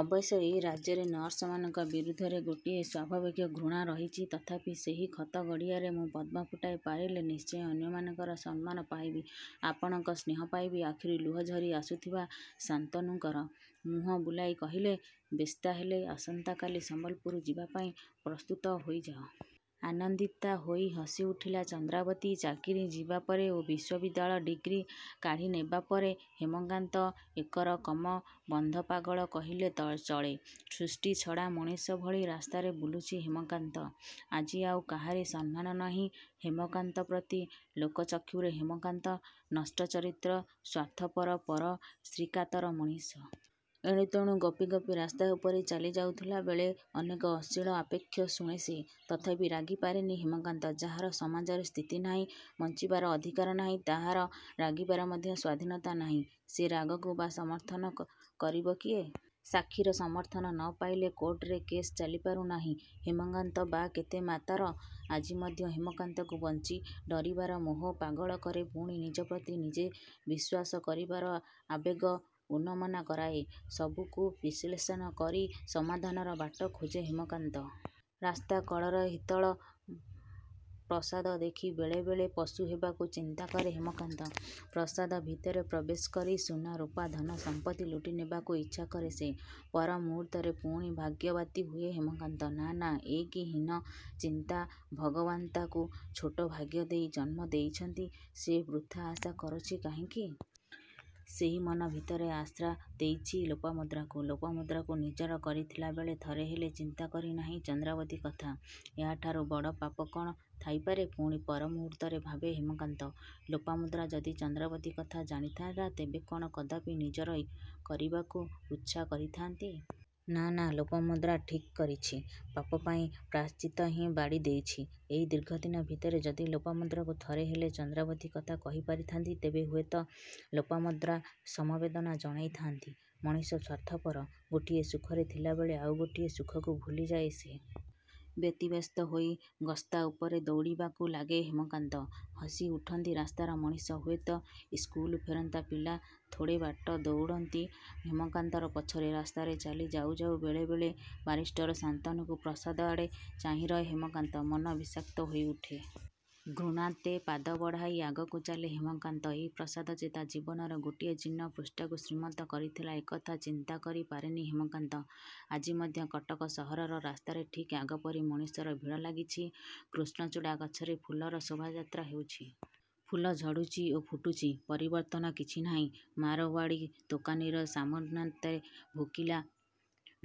ଅବଶ୍ୟ ଏ ରାଜ୍ୟରେ ନର୍ସମାନଙ୍କ ବିରୁଦ୍ଧରେ ଗୋଟିଏ ସ୍ୱଭାବିକ୍ ଘୃଣା ରହିଛି ତଥାପି ସେହି ଖତ ଗଡ଼ିଆରେ ମୁଁ ପଦ୍ମ ଫୁଟାଇ ପାରିଲେ ନିଶ୍ଚୟ ଅନ୍ୟମାନଙ୍କର ସମ୍ମାନ ପାଇବି। ଆପଣଙ୍କ ସ୍ନେହ ପାଇବି। ଆଖିରୁ ଲୁହ ଝରି ଆସୁଥିବା ଶାନ୍ତନୁଙ୍କର। ମୁହଁ ବୁଲାଇ କହିଲେ ବେଶ୍ତା ହେଲେ ଆସନ୍ତା କାଲି ସମ୍ବଲପୁର ଯିବା ପାଇଁ ପ୍ରସ୍ତୁତ ହୋଇଯାଅ। ଆନନ୍ଦିତା ହୋଇ ହସିଉଠିଲା ଚନ୍ଦ୍ରାବତୀ। ଚାକିରୀ ଯିବା ପରେ ଓ ବିଶ୍ୱବିଦ୍ୟାଳୟ ଡ଼ିଗ୍ରୀ କାଢ଼ି ନେବାପରେ ହେମକାନ୍ତ ଏକରକମ ବଦ୍ଧପାଗଳ କହିଲେ ଚଳେ। ସୃଷ୍ଟି ଛଡ଼ା ମଣିଷ ଭଳି ରାସ୍ତାରେ ବୁଲୁଛି ହେମକାନ୍ତ। ଆଜି ଆଉ କାହାରି ସମ୍ମାନ ନାହିଁ ହେମକାନ୍ତ ପ୍ରତି। ଲୋକଚକ୍ଷୁରେ ହେମକାନ୍ତ ନଷ୍ଟଚରିତ୍ର ସ୍ୱାର୍ଥପରପରଶ୍ରୀକାତର ମଣିଷ। ଏଣୁ ତେଣୁ ଗପି ଗପି ରାସ୍ତା ଉପରେ ଚାଲି ଯାଉଥିବାବେଳେ ଅନେକ ଅଶ୍ଳୀଳ ଆକ୍ଷେପ ଶୁଣେ ସେ। ତଥାପି ରାଗି ପାରେନି ହେମକାନ୍ତ। ଯାହାର ସମାଜରେ ସ୍ଥିତି ନାହିଁ ବଞ୍ଚିବାର ଅଧିକାର ନାହିଁ ତାହାର ରାଗିବାର ମଧ୍ୟ ସ୍ୱାଧୀନତା ନାହିଁ। ସେ ରାଗକୁ ବା ସମର୍ଥନ କରିବ କିଏ? ସାକ୍ଷୀର ସମର୍ଥନ ନ ପାଇଲେ କୋର୍ଟରେ କେସ୍ ଚାଲିପାରୁ ନାହିଁ ହେମକାନ୍ତ ବା କେତେ ମାତର। ଆଜି ମଧ୍ୟ ହେମକାନ୍ତକୁ ବଞ୍ଚି ରହିବାର ମୋହ ପାଗଳ କରେ ପୁଣି ନିଜ ପ୍ରତି ନିଜେ ବିଶ୍ୱାସ କରିବାର ଆବେଗ ଉନମନା କରାଏ। ସବୁକୁ ବିଶ୍ଳେଷଣ କରି ସମାଧାନର ବାଟ ଖୋଜେ ହେମକାନ୍ତ। ରାସ୍ତାକଡ଼ର ହିତଳ ପ୍ରସାଦ ଦେଖି ବେଳେ ବେଳେ ପଶୁ ହେବାକୁ ଚିନ୍ତାକରେ ହେମକାନ୍ତ। ପ୍ରସାଦ ଭିତରେ ପ୍ରବେଶ କରି ସୁନା, ରୂପା, ଧନ ସମ୍ପତ୍ତି ଲୁଟି ନେବାକୁ ଇଚ୍ଛାକରେ ସେ। ପରମୁହୂର୍ତ୍ତରେ ପୁଣି ଭାଗ୍ୟବାଦୀ ହୁଏ ହେମକାନ୍ତ। ନାଁ ନାଁ ଏ କି ହୀନ ଚିନ୍ତା ଭଗବାନ୍ତାକୁ ଛୋଟ ଭାଗ୍ୟ ଦେଇ ଜନ୍ମ ଦେଇଛନ୍ତି ସେ ବୃଥା ଆଶା କରୁଛି କାହିଁକି? ସେହି ମନ ଭିତରେ ଆଶ୍ରା ଦେଇଛି ଲୋପାମୁଦ୍ରାକୁ। ଲୋପାମୁଦ୍ରାକୁ ନିଜର କରିଥିବାବେଳେ ଥରେ ହେଲେ ଚିନ୍ତା କରିନାହିଁ ଚନ୍ଦ୍ରାବତୀ କଥା। ଏହାଠାରୁ ବଡ଼ ପାପ କଣ ଥାଇପାରେ? ପୁଣି ପର ମୁହୁର୍ତ୍ତରେ ଭାବେ ହେମକାନ୍ତ। ଲୋପାମୁଦ୍ରା ଯଦି ଚନ୍ଦ୍ରାବତୀ କଥା ଜାଣିଥାନ୍ତା ତେବେ କଣ କଦାପି ନିଜର କରିବାକୁ ଉଚ୍ଛା କରିଥାନ୍ତି? ନାଁ ନାଁ ଲୋପାମୁଦ୍ରା ଠିକ୍ କରିଛି ପାପପାଇଁ ପ୍ରାୟଶ୍ଚିତ ହିଁ ବାଢି ଦେଇଛି। ଏଇ ଦୀର୍ଘଦିନ ଭିତରେ ଯଦି ଲୋପାମୁଦ୍ରାକୁ ଥରେ ହେଲେ ଚନ୍ଦ୍ରାବତୀ କଥା କହି ପାରିଥାନ୍ତି ତେବେ ହୁଏତ ଲୋପାମୁଦ୍ରା ସମବେଦନା ଜଣାଇଥାନ୍ତି। ମଣିଷ ସ୍ୱାର୍ଥପର। ଗୋଟିଏ ସୁଖରେ ଥିବାବେଳେ ଆଉ ଗୋଟିଏ ସୁଖକୁ ଭୁଲିଯାଏ ସେ। ବ୍ୟତିବ୍ୟସ୍ତ ହୋଇ ଗସ୍ତା ଉପରେ ଦୌଡ଼ିବାକୁ ଲାଗେ ହେମକାନ୍ତ। ହସିଉଠନ୍ତି ରାସ୍ତାର ମଣିଷ। ହୁଏତ ଇସ୍କୁଲ ଫେରନ୍ତା ପିଲା ଥୋଡ଼େ ବାଟ ଦୌଡ଼ନ୍ତି ହେମକାନ୍ତର ପଛରେ। ରାସ୍ତାରେ ଚାଲି ଯାଉ ଯାଉ ବେଳେ ବେଳେ ବାରିଷ୍ଟର ଶାନ୍ତନୁଙ୍କ ପ୍ରସାଦ ଆଡ଼େ ଚାହିଁରହେ ହେମକାନ୍ତ। ମନ ବିଷାକ୍ତ ହୋଇଉଠେ। ଘୃଣାତେ ପାଦ ବଢ଼ାଇ ଆଗକୁ ଚାଲେ ହେମକାନ୍ତ। ଏଇ ପ୍ରାସାଦ ଯେ ତା ଜୀବନର ଗୋଟିଏ ଜୀର୍ଣ୍ଣ ପୃଷ୍ଠାକୁ ଶ୍ରୀମନ୍ତ କରିଥିଲା ଏ କଥା ଚିନ୍ତା କରି ପାରେନି ହେମକାନ୍ତ। ଆଜି ମଧ୍ୟ କଟକ ସହରର ରାସ୍ତାରେ ଠିକ୍ ଆଗ ପରି ମଣିଷର ଭିଡ଼ ଲାଗିଛି। କୃଷ୍ଣଚୂଡ଼ା ଗଛରେ ଫୁଲର ଶୋଭାଯାତ୍ରା ହେଉଛି। ଫୁଲ ଝଡ଼ୁଛି ଓ ଫୁଟୁଛି। ପରିବର୍ତ୍ତନ କିଛି ନାହିଁ। ମାରଓ୍ୱାଡ଼ୀ ଦୋକାନୀର ସାମନାତେ ଭୋକିଲା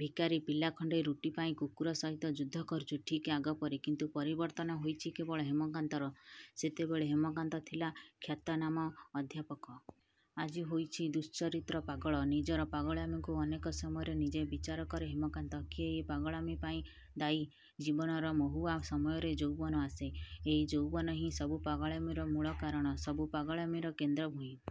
ଭିକାରୀ ପିଲା ଖଣ୍ଡେ ରୁଟି ପାଇଁ କୁକୁର ସହିତ ଯୁଦ୍ଧ କରୁଛି। ଠିକ୍ ଆଗ ପରି। କିନ୍ତୁ ପରିବର୍ତ୍ତନ ହୋଇଛି କେବଳ ହେମକାନ୍ତର। ସେତେବେଳେ ହେମକାନ୍ତ ଥିଲା ଖ୍ୟାତନାମା ଅଧ୍ୟାପକ। ଆଜି ହୋଇଛି ଦୁଃଶ୍ଚରିତ୍ର ପାଗଳ। ନିଜର ପାଗଳାମୀକୁ ଅନେକ ସମୟରେ ନିଜେ ବିଚାର କରେ ହେମକାନ୍ତ। କିଏ ଏ ପାଗଳାମୀ ପାଇଁ ଦାୟୀ? ଜୀବନର ମହୁଆ ସମୟରେ ଯୌବନ ଆସେ। ଏଇ ଯୌବନ ହିଁ ସବୁ ପାଗଳାମୀର ମୂଳ କାରଣ ସବୁ ପାଗଳାମୀର କେନ୍ଦ୍ର ଭୂଇଁ।